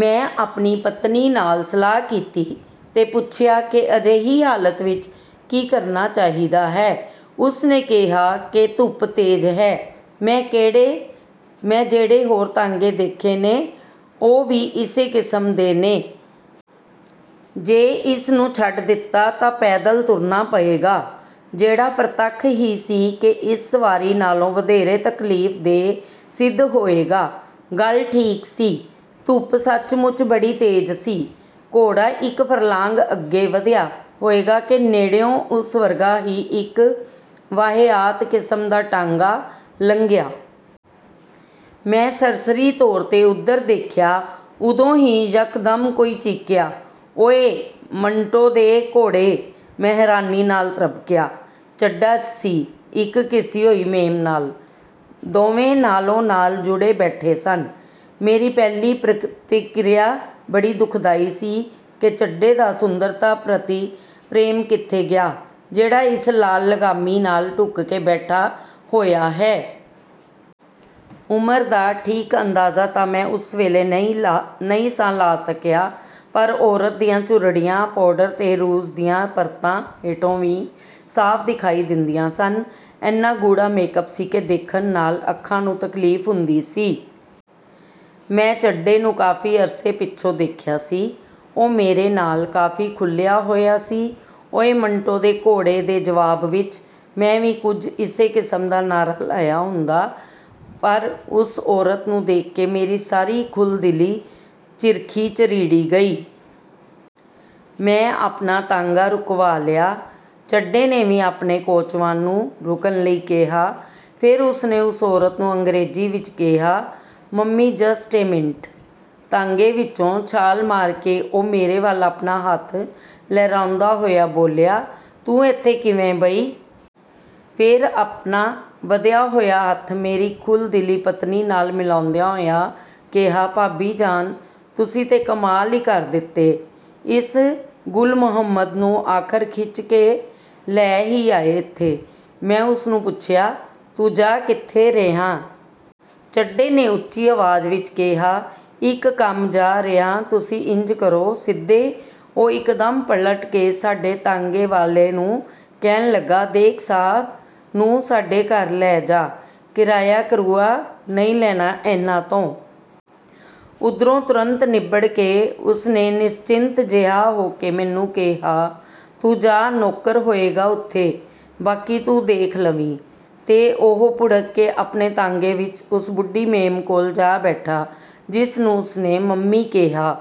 ਮੈਂ ਆਪਣੀ ਪਤਨੀ ਨਾਲ ਸਲਾਹ ਕੀਤੀ ਤੇ ਪੁੱਛਿਆ ਕਿ ਅਜਿਹੀ ਹਾਲਤ ਵਿਚ ਕੀ ਕਰਨਾ ਚਾਹੀਦਾ ਹੈ। ਉਸਨੇ ਕਿਹਾ ਕਿ 'ਧੁੱਪ ਤੇਜ਼ ਹੈ। ਮੈਂ ਜਿਹੜੇ ਹੋਰ ਤਾਂਗੇ ਦੇਖੇ ਨੇ ਉਹ ਵੀ ਇਸੇ ਕਿਸਮ ਦੇ ਨੇ। ਜੇ ਇਸ ਨੂੰ ਛੱਡ ਦਿੱਤਾ ਤਾਂ ਪੈਦਲ ਤੁਰਨਾ ਪਏਗਾ, ਜਿਹੜਾ ਪਰਤੱਖ ਹੀ ਸੀ ਕਿ ਇਸ ਸਵਾਰੀ ਨਾਲੋਂ ਵਧੇਰੇ ਤਕਲੀਫ ਦੇਅ ਸਿੱਧ ਹੋਏਗਾ। ' ਗੱਲ ਠੀਕ ਸੀ। ਧੁੱਪ ਸੱਚਮੁੱਚ ਬੜੀ ਤੇਜ਼ ਸੀ। ਘੋੜਾ ਇਕ ਫਰਲਾਂਗ ਅੱਗੇ ਵਧਿਆ ਹੋਏਗਾ ਕਿ ਨੇੜਿਓਂ ਉਸ ਵਰਗਾ ਹੀ ਇਕ ਵਾਹਿਯਾਤ ਕਿਸਮ ਦਾ ਟਾਂਗਾ ਲੰਘਿਆ। ਮੈਂ ਸਰਸਰੀ ਤੌਰ 'ਤੇ ਉਧਰ ਦੇਖਿਆ। ਉਦੋਂ ਹੀ ਯਕਦਮ ਕੋਈ ਚੀਕਿਆ, "ਓਇ, ਮੰਟੋ ਦੇ ਘੋੜੇ! " ਮੈਂ ਹੈਰਾਨੀ ਨਾਲ ਤ੍ਰਬਕਿਆ। ਚੱਡਾ ਸੀ, ਇਕ ਘਿਸੀ ਹੋਈ ਮੇਮ ਨਾਲ। ਦੋਵੇਂ ਨਾਲੋ-ਨਾਲ ਜੁੜੇ ਬੈਠੇ ਸਨ। ਮੇਰੀ ਪਹਿਲੀ ਪ੍ਰਤੀਕ੍ਰਿਆ ਬੜੀ ਦੁਖਦਾਈ ਸੀ ਕਿ ਚੱਡੇ ਦਾ ਸੁੰਦਰਤਾ ਪ੍ਰਤੀ ਪ੍ਰੇਮ ਕਿੱਥੇ ਗਿਆ, ਜਿਹੜਾ ਇਸ ਲਾਲ-ਲਗਾਮੀਂ ਨਾਲ ਢੁੱਕ ਕੇ ਬੈਠਾ ਹੋਇਆ ਹੈ। ਉਮਰ ਦਾ ਠੀਕ ਅੰਦਾਜ਼ਾ ਤਾਂ ਮੈਂ ਉਸ ਵੇਲੇ ਨਹੀਂ ਸਾਂ ਲਾ ਸਕਿਆ, ਪਰ ਔਰਤ ਦੀਆਂ ਝੁਰੜੀਆਂ, ਪਾਊਡਰ ਤੇ ਰੂਜ਼ ਦੀਆਂ ਪਰਤਾਂ ਹੇਠੋਂ ਵੀ ਸਾਫ ਦਿਖਾਈ ਦਿੰਦੀਆਂ ਸਨ। ਏਨਾ ਗੂੜ੍ਹਾ ਮੇਕਅੱਪ ਸੀ ਕਿ ਦੇਖਣ ਨਾਲ ਅੱਖਾਂ ਨੂੰ ਤਕਲੀਫ ਹੁੰਦੀ ਸੀ। ਮੈਂ ਚੱਡੇ ਨੂੰ ਕਾਫੀ ਅਰਸੇ ਪਿੱਛੋਂ ਦੇਖਿਆ ਸੀ। ਉਹ ਮੇਰੇ ਨਾਲ ਕਾਫੀ ਖੁੱਲਿਆ ਹੋਇਆ ਸੀ। 'ਓਇ, ਮੰਟੋ ਦੇ ਘੋੜੇ' ਦੇ ਜਵਾਬ ਵਿਚ ਮੈਂ ਵੀ ਕੁਝ ਇਸੇ ਕਿਸਮ ਦਾ ਨਾਅਰਾ ਲਾਇਆ ਹੁੰਦਾ, ਪਰ ਉਸ ਔਰਤ ਨੂੰ ਦੇਖ ਕੇ ਮੇਰੀ ਸਾਰੀ ਖੁੱਲ੍ਹ-ਦਿਲੀ ਝਿਰਖੀ-ਝਰੀਟੀ ਗਈ। ਮੈਂ ਆਪਣਾ ਤਾਂਗਾ ਰੁਕਵਾ ਲਿਆ। ਚੱਡੇ ਨੇ ਵੀ ਆਪਣੇ ਕੋਚਵਾਨ ਨੂੰ ਰੁਕਣ ਲਈ ਕਿਹਾ। ਫੇਰ ਉਸਨੇ ਉਸ ਔਰਤ ਨੂੰ ਅੰਗਰੇਜ਼ੀ ਵਿਚ ਕਿਹਾ, "ਮੰਮੀ, ਜਸਟ ਏ ਮਿੰਟ। " ਤਾਂਗੇ ਵਿਚੋਂ ਛਾਲ ਮਾਰ ਕੇ ਉਹ ਮੇਰੇ ਵੱਲ ਆਪਣਾ ਹੱਥ ਲਹਿਰਾਉਂਦਾ ਹੋਇਆ ਬੋਲਿਆ, "ਤੂੰ ਏਥੇ ਕਿਵੇਂ ਬਈ? " ਫੇਰ ਆਪਣਾ ਵਧਿਆ ਹੋਇਆ ਹੱਥ ਮੇਰੀ ਖੁੱਲ੍ਹ-ਦਿਲੀ ਪਤਨੀ ਨਾਲ ਮਿਲਾਉਂਦਿਆਂ ਹੋਇਆਂ ਕਿਹਾ, "ਭਾਬੀ ਜਾਨ, ਤੁਸੀਂ ਤੇ ਕਮਾਲ ਈ ਕਰ ਦਿੱਤੈ! ਇਸ ਗੁਲਮੁਹੰਮਦ ਨੂੰ ਆਖ਼ਰ ਖਿੱਚ ਕੇ ਲੈ ਹੀ ਆਏ ਇੱਥੇ! " ਮੈਂ ਉਸਨੂੰ ਪੁੱਛਿਆ, "ਤੂੰ ਜਾ ਕਿੱਥੇ ਰਿਹੈਂ? " ਚੱਡੇ ਨੇ ਉੱਚੀ ਆਵਾਜ਼ ਵਿਚ ਕਿਹਾ, "ਇਕ ਕੰਮ ਜਾ ਰਿਹਾਂ ਤੁਸੀਂ ਇੰਜ ਕਰੋ, ਸਿੱਧੇ " ਉਹ ਇਕਦਮ ਪਲਟ ਕੇ ਸਾਡੇ ਤਾਂਗੇ ਵਾਲੇ ਨੂੰ ਕਹਿਣ ਲੱਗਾ, "ਦੇਖ, ਸਾਹਬ ਨੂੰ ਸਾਡੇ ਘਰ ਲੈ ਜਾਅ ਕਿਰਾਇਆ ਕਰੂਆ ਨਹੀਂ ਲੈਣਾ ਇਹਨਾਂ ਤੋਂ। " ਓਧਰੋਂ ਤੁਰੰਤ ਨਿੱਬੜ ਕੇ ਉਸਨੇ ਨਿਸ਼ਚਿੰਤ ਜਿਹਾ ਹੋ ਕੇ ਮੈਨੂੰ ਕਿਹਾ, "ਤੂੰ ਜਾਹ, ਨੌਕਰ ਹੋਏਗਾ ਉੱਥੇ, ਬਾਕੀ ਤੂੰ ਦੇਖ ਲਵੀਂ। " ਤੇ ਉਹ ਭੁੜਕ ਕੇ ਆਪਣੇ ਤਾਂਗੇ ਵਿਚ ਉਸ ਬੁੱਢੀ ਮੇਮ ਕੋਲ ਜਾ ਬੈਠਾ, ਜਿਸਨੂੰ ਉਸਨੇ ਮੰਮੀ ਕਿਹਾ